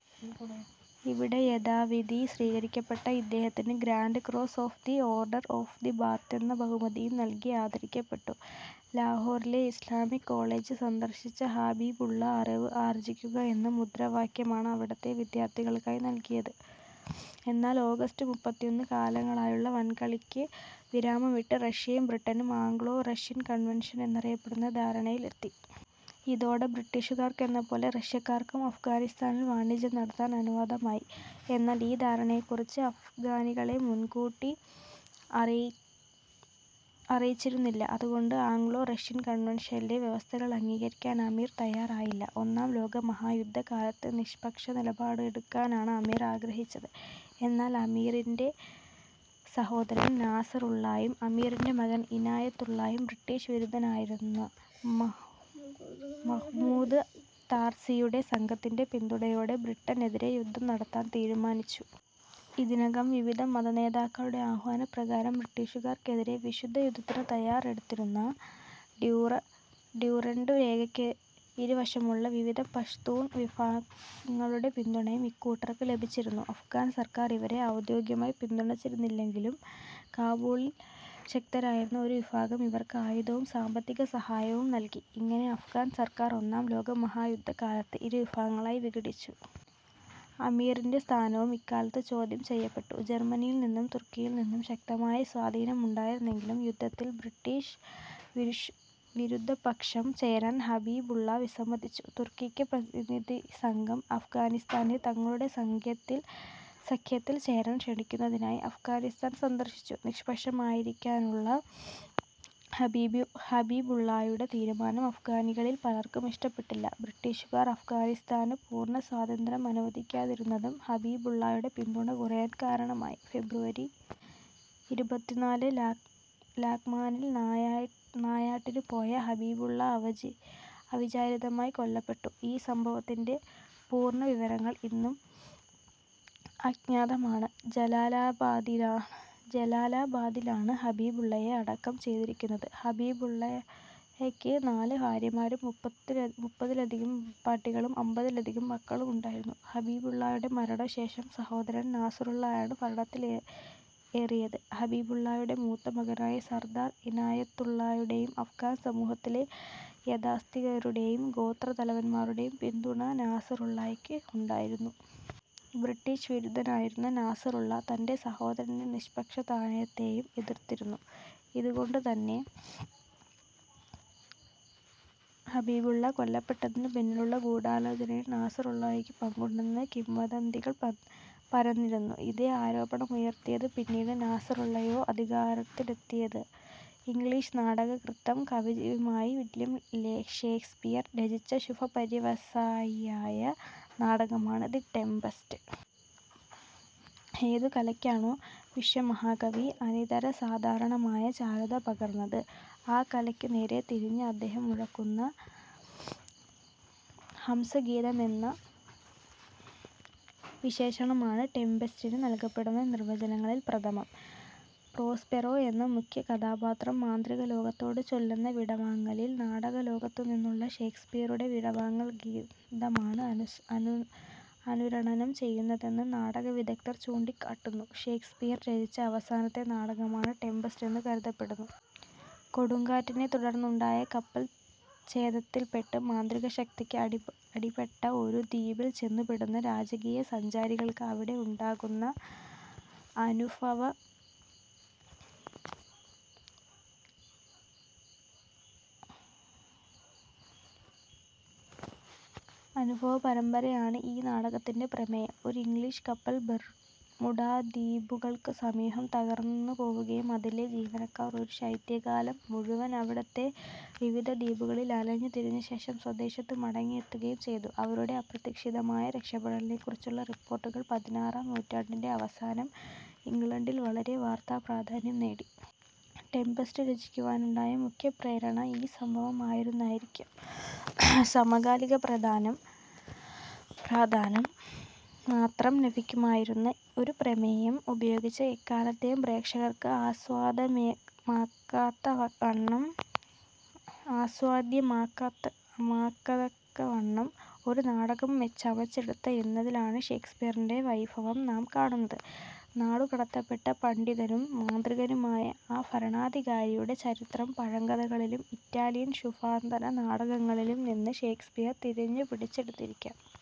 ഇവിടെ യഥാവിധി സ്വീകരിക്കപ്പെട്ട ഇദ്ദേഹത്തിന് Grand Cross of the Order of the Bath എന്ന ബഹുമതിയും നൽകി ആദരിക്കപ്പെട്ടു. ലാഹോറിലെ ഇസ്ലാമിക് കോളേജ് സന്ദർശിച്ച ഹബീബുള്ളാ അറിവ് ആർജിക്കുക എന്ന മുദ്രാവാക്യമാണ് അവിടത്തെ വിദ്യാർഥികൾക്കായി നൽകിയത്. എന്നാൽ ഓഗസ്റ്റ് മുപ്പത്തിയൊന്നിന് കാലങ്ങളായുള്ള വൻകളിക്ക് വിരാമമിട്ട് റഷ്യയും ബ്രിട്ടനും ആംഗ്ലോ റഷ്യൻ കൺവെൻഷൻ എന്നറിയപ്പെടുന്ന ധാരണയിലെത്തി. ഇതോടെ ബ്രിട്ടീഷുകാർക്കെന്ന പോലെ റഷ്യക്കാർക്കും അഫ്ഗാനിസ്ഥാനിൽ വാണിജ്യം നടത്താൻ അനുവാദമായി. എന്നാൽ ഈ ധാരണയെക്കുറിച്ച് അഫ്ഗാനികളെ മുൻകൂട്ടി അറിയിച്ചിരുന്നില്ല. അതുകൊണ്ട് ആംഗ്ലോ റഷ്യൻ കൺവെൻഷനിലെ വ്യവസ്ഥകൾ അംഗീകരിക്കാൻ അമീർ തയ്യാറായില്ല. ഒന്നാം ലോകമഹായുദ്ധകാലത്ത് നിഷ്പക്ഷ നിലപാടെടുക്കാനാണ് അമീർ ആഗ്രഹിച്ചത്. എന്നാൽ അമീറിൻ്റെസഹോദരൻ നാസറുള്ളായും അമീറിൻ്റെമകൻ ഇനായത്തുള്ളായും ബ്രിട്ടീഷ് വിരുദ്ധനായിരുന്ന മഹ്മൂദ് താർസിയുടെ സംഘത്തിൻ്റെപിന്തുണയോടെ ബ്രിട്ടനെതിരെ യുദ്ധം നടത്താൻ തീരുമാനിച്ചു. ഇതിനകം വിവിധ മതനേതാക്കളുടെ ആഹ്വാനപ്രകാരം ബ്രിട്ടീഷുകാർക്കെതിരെ വിശുദ്ധയുദ്ധത്തിന് തയ്യാറെടുത്തിരുന്ന ഡ്യൂറൻഡ് രേഖയ്ക്കിരുവശവുമുള്ള വിവിധ പഷ്തൂൺ വിഭാഗങ്ങളുടെ പിന്തുണയും ഇക്കൂട്ടർക്ക് ലഭിച്ചിരുന്നു. അഫ്ഗാൻ സർക്കാർ ഇവരെ ഔദ്യോഗികമായി പിന്തുണച്ചിരുന്നില്ലെങ്കിലും കാബൂളിൽ ശക്തരായിരുന്ന ഒരു വിഭാഗം ഇവർക്ക് ആയുധവും സാമ്പത്തിക സഹായവും നൽകി. ഇങ്ങനെ അഫ്ഗാൻ സർക്കാർ ഒന്നാം ലോകമഹായുദ്ധകാലത്ത് ഇരുവിഭാഗങ്ങളായി വിഘടിച്ചു. അമീറിൻ്റെസ്ഥാനവും ഇക്കാലത്ത് ചോദ്യം ചെയ്യപ്പെട്ടു. ജർമ്മനിയിൽനിന്നും തുർക്കിയിൽനിന്നും ശക്തമായ സ്വാധീനമുണ്ടായിരുന്നെങ്കിലും യുദ്ധത്തിൽ ബ്രിട്ടീഷ് വിരുദ്ധപക്ഷം ചേരാൻ ഹബീബുള്ളാ വിസമ്മതിച്ചു. തുർക്കിഷ് പ്രതിനിധിസംഘം അഫ്ഗാനിസ്ഥാനെ തങ്ങളുടെ സഖ്യത്തിൽ ചേരാൻ ക്ഷണിക്കുന്നതിനായി അഫ്ഗാനിസ്ഥാൻ സന്ദർശിച്ചു. നിഷ്പക്ഷമായിരിക്കാനുള്ള ഹബീബുള്ളായുടെ തീരുമാനം അഫ്ഗാനികളിൽ പലർക്കും ഇഷ്ടപ്പെട്ടില്ല. ബ്രിട്ടീഷുകാർ അഫ്ഗാനിസ്ഥാന് പൂർണസ്വാതന്ത്ര്യം അനുവദിക്കാതിരുന്നതും ഹബീബുള്ളായുടെ പിന്തുണ കുറയാൻ കാരണമായി. ഫെബ്രുവരി ഇരുപതിന് ലാഗ്മാനിൽ നായാട്ടിനു പോയ ഹബീബുള്ളാ അവിചാരിതമായി കൊല്ലപ്പെട്ടു. ഈ സംഭവത്തിൻ്റെപൂർണവിവരങ്ങൾ ഇന്നും അജ്ഞാതമാണ്. ജലാലാബാദിലാണ് ഹബീബുള്ളായെ അടക്കം ചെയ്തിരിക്കുന്നത്. ഹബീബുള്ളായ്ക്ക് നാല് ഭാര്യമാരും മുപ്പതിലധികം വെപ്പാട്ടികളും അമ്പതിലധികം മക്കളുമുണ്ടായിരുന്നു. ഹബീബുള്ളായുടെ മരണശേഷം സഹോദരൻ നാസറുള്ളായാണ് ഭരണത്തിലേറിയത്. ഹബീബുള്ളായുടെ മൂത്ത മകനായ സർദാർ ഇനായത്തുള്ളായുടെയും അഫ്ഗാൻ സമൂഹത്തിലെ യാഥാസ്ഥിതികരുടെയും ഗോത്രത്തലവന്മാരുടെയും പിന്തുണ നാസറുള്ളായ്ക്കുണ്ടായിരുന്നു. ബ്രിട്ടീഷ് വിരുദ്ധനായിരുന്ന നാസറുള്ളാ തൻ്റെസഹോദരൻ്റെനിഷ്പക്ഷതാനയത്തേയും എതിർത്തിരുന്നു. ഇതുകൊണ്ടുതന്നെ ഹബീബുള്ളാ കൊല്ലപ്പെട്ടതിനു പിന്നിലുള്ള ഗൂഢാലോചനയിൽ നാസറുള്ളായ്ക്ക് പങ്കുണ്ടെന്ന് കിംവദന്തികൾ പരന്നിരുന്നു. ഇതേ ആരോപണമുയർത്തിയാണ് പിന്നീട് നാസറുള്ളായെ അധികാരത്തിൽനിന്ന് പുറത്താക്കി ഹബീബുള്ളായുടെ പുത്രൻ അമാനുള്ള അധികാരത്തിലെത്തിയത്. ഇംഗ്ലീഷ് നാടകകൃത്തും കവിയുമായ വില്യം ഷേക്സ്പിയർ രചിച്ച ശുഭപര്യവസായിയായ നാടകമാണ് ദ് ടെംപെസ്റ്റ്. ഏതു കലയ്ക്കാണോ വിശ്വമഹാകവി അനിതരസാധാരണമായ ചാരുത പകർന്നത്, ആ കലയ്ക്കുനേരെ തിരിഞ്ഞ് അദ്ദേഹം മുഴക്കുന്ന ഹംസഗീതം എന്ന വിശേഷണമാണ് ടെംപെസ്റ്റിന് നൽകപ്പെടുന്ന നിർവചനങ്ങളിൽ പ്രഥമം. പ്രോസ്പെറോ എന്ന മുഖ്യകഥാപാത്രം മാന്ത്രികലോകത്തോട് ചൊല്ലുന്ന വിടവാങ്ങലിൽ നാടകലോകത്തുനിന്നുള്ള ഷേക്സ്പിയറുടെ വിടവാങ്ങൽഗീതമാണ് അനുരണനം ചെയ്യുന്നതെന്ന് നാടകവിദഗ്ധർ ചൂണ്ടിക്കാട്ടുന്നു. ഷേക്സ്പിയർ രചിച്ച അവസാനത്തെ നാടകമാണ് ടെംപെസ്റ്റ് എന്നു കരുതപ്പെടുന്നു. കൊടുങ്കാറ്റിനെത്തുടർന്നുണ്ടായ കപ്പൽച്ചേതത്തിൽപ്പെട്ട് മാന്ത്രികശക്തിക്ക് അടിപ്പെട്ട ഒരു ദ്വീപിൽ ചെന്നുപെടുന്ന രാജകീയ സഞ്ചാരികൾക്ക് അവിടെ ഉണ്ടാകുന്ന അനുഭവപരമ്പരയാണ് ഈ നാടകത്തിൻ്റെപ്രമേയം. ഒരു ഇംഗ്ലീഷ് കപ്പൽ ബെർമുഡാ ദ്വീപുകൾക്കു സമീപം തകർന്നുപോവുകയും അതിലെ ജീവനക്കാർ ഒരു ശൈത്യകാലം മുഴുവൻ അവിടത്തെ വിവിധ ദ്വീപുകളിൽ അലഞ്ഞുതിരിഞ്ഞശേഷം സ്വദേശത്ത് മടങ്ങിയെത്തുകയും ചെയ്തു. അവരുടെ അപ്രതീക്ഷിതമായ രക്ഷപ്പെടലിനെക്കുറിച്ചുള്ള റിപ്പോർട്ടുകൾ പതിനാറാം നൂറ്റാണ്ടിൻ്റെഅവസാനം ഇംഗ്ലണ്ടിൽ വളരെ വാർത്താപ്രാധാന്യം നേടി. ടെംപെസ്റ്റ് രചിക്കുവാനുണ്ടായ മുഖ്യപ്രേരണ ഈ സംഭവം ആയിരുന്നിരിക്കാം. സമകാലിക പ്രാധാന്യം മാത്രം ലഭിക്കുമായിരുന്ന ഒരു പ്രമേയം ഉപയോഗിച്ച് എക്കാലത്തെയും പ്രേക്ഷകർക്ക് ആസ്വാദ്യമാകത്തക്കവണ്ണം ഒരു നാടകം ചമച്ചെടുത്തു എന്നതിലാണ് ഷേക്സ്പിയറിൻ്റെവൈഭവം നാം കാണുന്നത്. നാടുകടത്തപ്പെട്ട പണ്ഡിതനും മാന്ത്രികനുമായ ഒരു ഭരണാധികാരിയുടെ ചരിത്രം പഴങ്കഥകളിലും ഇറ്റാലിയൻ ശുഭാന്തനാടകങ്ങളിലുംനിന്ന് ഷേക്സ്പിയർ തിരഞ്ഞുപിടിച്ചെടുത്തിരിക്കാം.